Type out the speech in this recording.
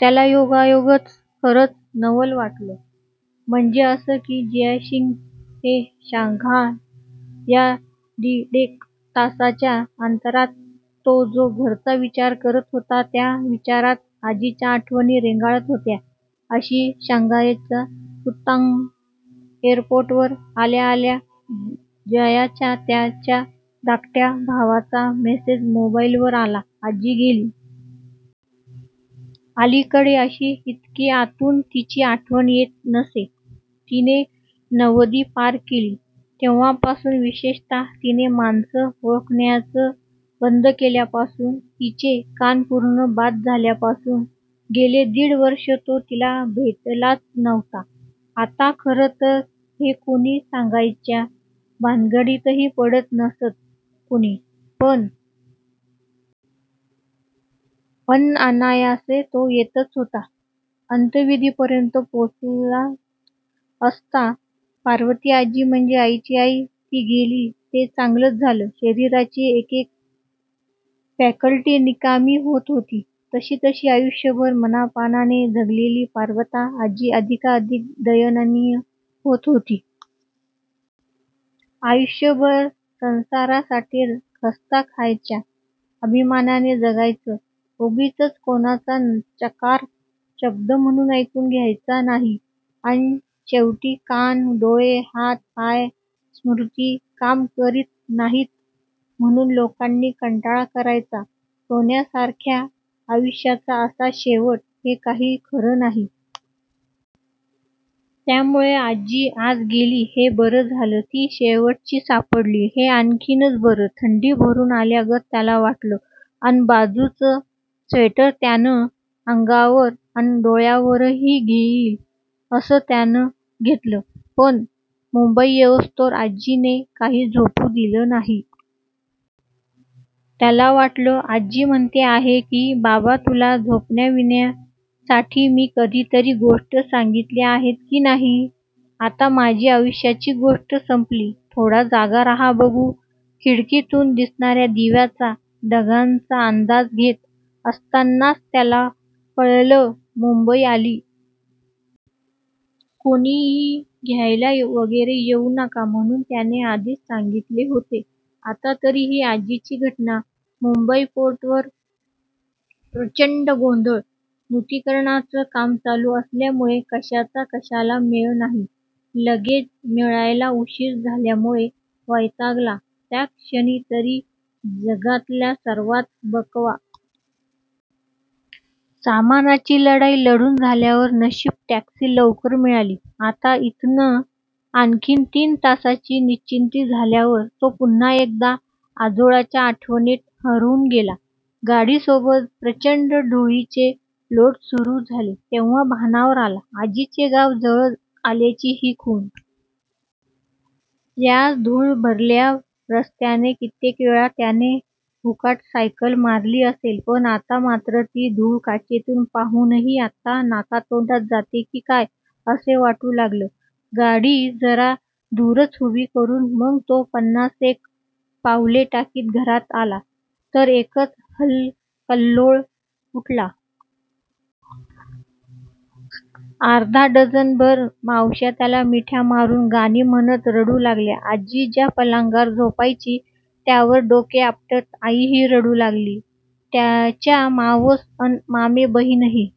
त्याला योगायोगाचं खरंच नवल वाटलं. म्हणजे असं की जियाशिंग ते शांघाय या दीडेक तासांच्या अंतरात तो जो घरचा विचार करीत होता, त्या विचारांत आजीच्या आठवणी रेंगाळत होत्या. आणि शांघायच्या पुदाँग एअरपोर्टवर आल्या-आल्या, जयाचा, त्याच्या धाकट्या भावाचा मेसेज मोबाईलवर आला- आजी गेली. अलिकडे अशी, इतकी आतून तिची आठवण येत नसे. तिने नव्वदी पार केली, तेव्हापासून. विशेषत: तिने माणसं ओळखायचं बंद केल्यापासून. तिचे कान पुर्ण बाद झाल्यापासून. गेले दीड वर्षे तो तिला भेटलाच नव्हता. आता खरं तर हे कुणी सांगायच्या भानगडीतही पडलं नसतं कुणी, पण ही घटना आनंदाची! अन अनायासे तो येतच होता. अंत्यविधीपर्यंत पोचलाच असता. पार्वतीआजी म्हणजे आईची आई. ती गेली ते चांगलंच झालं. शरीराची एकेक फॅकल्टी निकामी होत होती, तसतशी आयूष्यभर मानापानाने जगलेली 'पार्बता' आजी अधिकाधिक दयनीय होत होती. आयूष्यभर संसारासाठी खस्ता खायच्या. आभिमानाने जगायचं. उगीचच कोणाचा चकार शब्द म्हणून ऐकून घ्यायचा नाही. अन शेवटी कान, डोळे, हात, पाय, स्मृती काम करीत नाहीत, म्हणून लोकांनी कंटाळा करायचा. सोन्यासारख्या आयूष्याचा असा शेवट, हे काही खरं नाही. त्यामूळे आजी आज गेली, हे बरं झालं. ती 'शेवटची' सापडली, हे आणखीच बरं. थंडी भरून आल्यागत त्याला वाटलं, अन बाजूचं स्वेटर त्यानं अंगावर अन डोळ्यांवरही येईल असं त्यानं घेतलं. पण मुंबई येईस्तोवर आज्जीने काही झोपू दिलं नाही. त्याला वाटलं- आजी म्हणते आहे, की बाबा, तुला झोपविण्यासाठी मी कधीतरी गोष्टी सांगितल्या आहेत की नाही? आता माझी आयूष्याचीच गोष्ट संपली. थोडा जागा राहा बघू. खिडकीतून दिसणाया दिव्यांचा, ढगांचा अंदाज घेत असतानाच त्याला कळलं, मुंबई आली. कुणी घ्यायला वगैरे येऊ नका, म्हणून त्याने आधीच सांगितले होते. आता तर ही आजीची घटना. मुंबई पोर्टवर प्रचंड गोंधळ. नुतनीकरणाचं काम चालू असल्यामूळे कशाचा कशाला मेळ नाही. लगेज मिळायला उशीर झाल्यामूळे वैतागला. त्या क्षणी तरी जगातलं सर्वात बकवास एयरपोर्ट असेल हे, असं वाटलं. सामानाची लढाई लढून झाल्यावर नशीब टॅक्सी लवकर मिळाली. आता इथनं आणखी तीन तासांची निश्चिती झाल्यावर तो पुन्हा एकदा आजोळच्या आठवणींत हरवून गेला. गाडीसोबत प्रचंड धुळीचे लोट सुरू झाले, तेव्हा भानावर आला. आजीचे गाव जवळ आल्याची ही खुण. याच धुळभरल्या रस्त्याने कित्येक वेळा त्याने बुंगाट सायकल मारली असेल, पण आता मात्र ती धुळ काचेतून पाहूनही आत्ता नाका-तोंडात जातेय की काय, असं वाटू लागलं. गाडी जरा दुरच उभी करून मग तो पन्नासेक पावले टाकीत घरात आला, तर एकच हलकल्लोळ उठला. अर्धा डझनभर मावश्या त्याला मिठ्या मारून, गाणी म्हणत रडू लागल्या. आजी ज्या पलंगावर झोपायची, त्यावर डोके आपटत आईही रडू लागली. त्याच्या मावस अन मामे बहिणी ही--